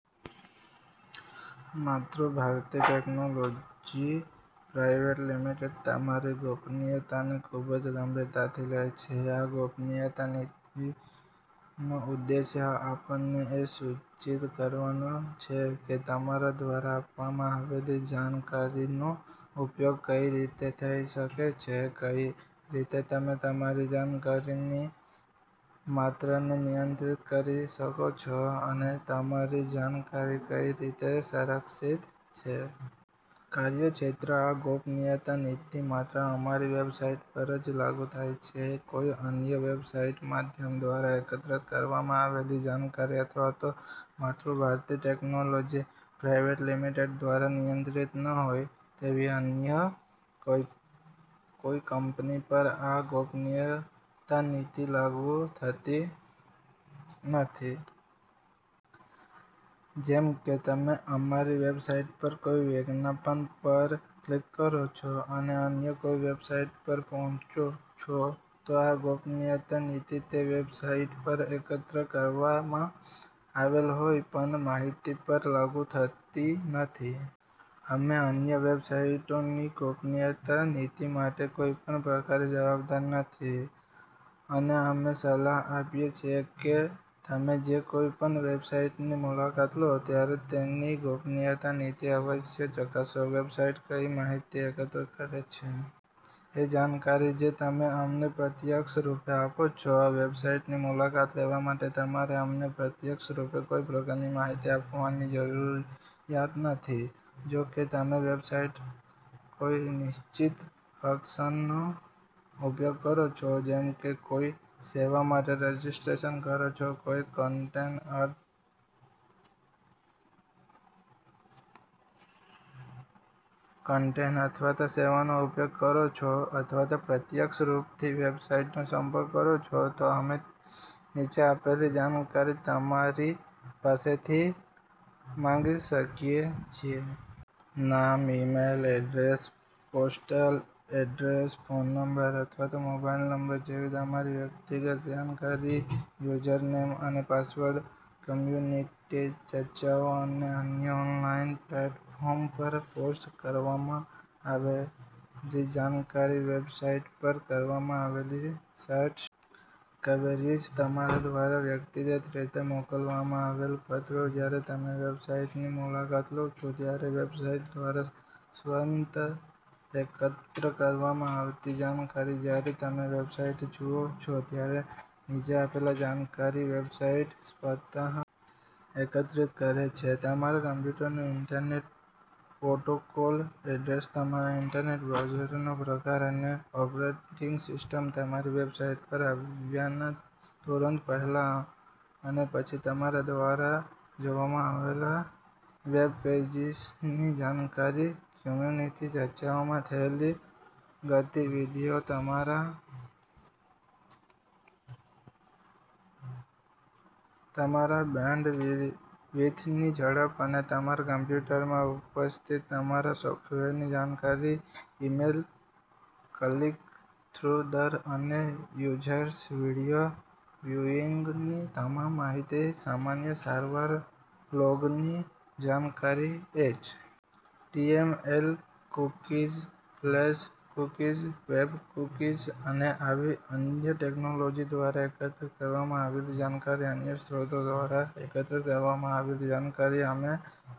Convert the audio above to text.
Matrubharti technologies private limited તમારી ગોપનીયતાને ખૂબ જ ગંભીરતાથી લે છે. આ ગોપનીયતા નીતિનો ઉદ્દેશ્ય આપને એ સૂચિત કરવાનો છે કે તમારા દ્વારા આપવામાં આવેલી જાણકારીનો ઉપયોગ કઈ રીતે થઇ શકે છે, કઈ રીતે તમે તમારી જાણકારીની માત્રને નિયંત્રિત કરી શકો છો, અને તમારી જાણકારી કઈ રીતે સંરક્ષિત છે. કાર્યક્ષેત્ર આ ગોપનીયતા નીતિ માત્ર અમારી વેબસાઈટ પર જ લાગુ થાય છે. કોઈ અન્ય વેબસાઈટના માધ્યમ દ્વારા એકત્ર કરવાના આવેલી જાણકારી અથવા તો માતૃભારતી ટેક્નૉલોજિઝ પ્રાઇવેટ લિમિટેડ દ્વારા નિયંત્રિત ન હોય તેવી અન્ય કોઈ કંપની પર આ ગોપનીયતા નીતિ લાગુ થતી નથી. જેમ કે, તમે અમારી વેબસાઈટ પર કોઈ વિજ્ઞાપન પર ક્લિક કરો છો અને અન્ય કોઈ વેબસાઈટ પર પહોંચો છો તો આ ગોપનીયતા નીતિ તે વેબસાઈટ પર એકત્ર કરવામાં આવેલ કોઈ પણ માહિતી પર લાગુ થતી નથી. અમે અન્ય વેબસાઈટોની ગોપનીયતા નીતી માટે કોઈ પણ પ્રકારે જવાબદાર નથી અને અમે સલાહ આપીએ છીએ કે તમે જે કોઈ પણ વેબસાઈટની મુલાકાત લો ત્યારે તેની ગોપનીયતા નીતિ અવશ્ય ચકાસો. વેબસાઈટ કઈ માહિતી એકત્ર કરે છે? એ જાણકારી જે તમે અમને પ્રત્યક્ષરૂપે આપો છો. વેબસાઈટની મુલાકાત લેવા માટે તમારે અમને પ્રત્યક્ષરૂપે કોઈ પ્રકારની માહિતી આપવાની જરૂરિયાત નથી. જો કે તમે વેબસાઈટ કોઈ નિશ્ચિત ફંક્શનનો ઉપયોગ કરો છો, જેમ કે કોઈ સેવા માટે રજિસ્ટ્રેશન કરો છો, કોઈ કન્ટેન્ટ અથવા સેવાનો ઉપયોગ કરો છો અથવા પ્રત્યક્ષ રૂપથી વેબસાઈટનો સંપર્ક કરો છો તો અમે નીચે આપેલી જાણકારી તમારી પાસેથી માંગી શકીએ છીએ. નામ, email address, postal address. Phone number અથવા મોબાઈલ નંબર જેવી તમારી વ્યક્તિગત જાણકારી. યુઝરનેમ અને પાસવર્ડ કમ્યુનિટી ચર્ચાઓ અને અન્ય ઓનલાઈન પ્લૅટફોર્મ પર પોસ્ટ કરવામાં આવેલી જાણકારી વેબસાઈટ પર કરવામાં આવેલી સર્ચ ક્વેરીઝ તમારા દ્વારા વ્યક્તિગત રીતે મોકલવામાં આવેલ પત્રો જયારે તમે વેબસાઈટની મુલાકાત લો છો ત્યારે વેબસાઈટ દ્વારા સ્વતઃ એકત્ર કરવામાં આવતી જાણકારી જયારે તમે વેબસાઈટ જુઓ છો ત્યારે નીચે આપેલ જાણકારી વેબસાઈટ સ્વતઃ એકત્રિત કરે છે: તમારા કમ્પ્યુટરનું ઈન્ટરનેટ પ્રોટોકોલ એડ્રેસ તમારા ઈન્ટરનેટ બ્રાઉઝરનો પ્રકાર અને ઓપરેટીંગ સિસ્ટમ અમારી વેબસાઈટ પર આવ્યાના તુરંત પહેલા અને પછી તમારા દ્વારા જોવામાં આવેલ વેબપેજીસની જાણકારી કમ્યુનિટી ચર્ચાઓમાં થયેલ ગતિવિધિઓ તમારા બેન્ડવિથની ઝડપ અને તમારા કમ્પ્યુટરમાં ઉપસ્થિત તમામ સોફ્ટવેરની જાણકારી ઈમેલ ક્લિક-થ્રુ દર અને યુઝર્સ વિડીયો વ્યુઈંગની તમામ માહિતી સામાન્ય સારવાર લોગની જાણકારી H. T. M. L cookies, flash cookies, web cookies અને આવી અન્ય ટેક્નૉલોજિ દ્વારા એકત્રિત કરવામાં આવેલ જાણકારી અન્ય સ્ત્રોતો દ્વારા એકત્રિત કરવામાં આવેલ જાણકારી અમે થર્ડ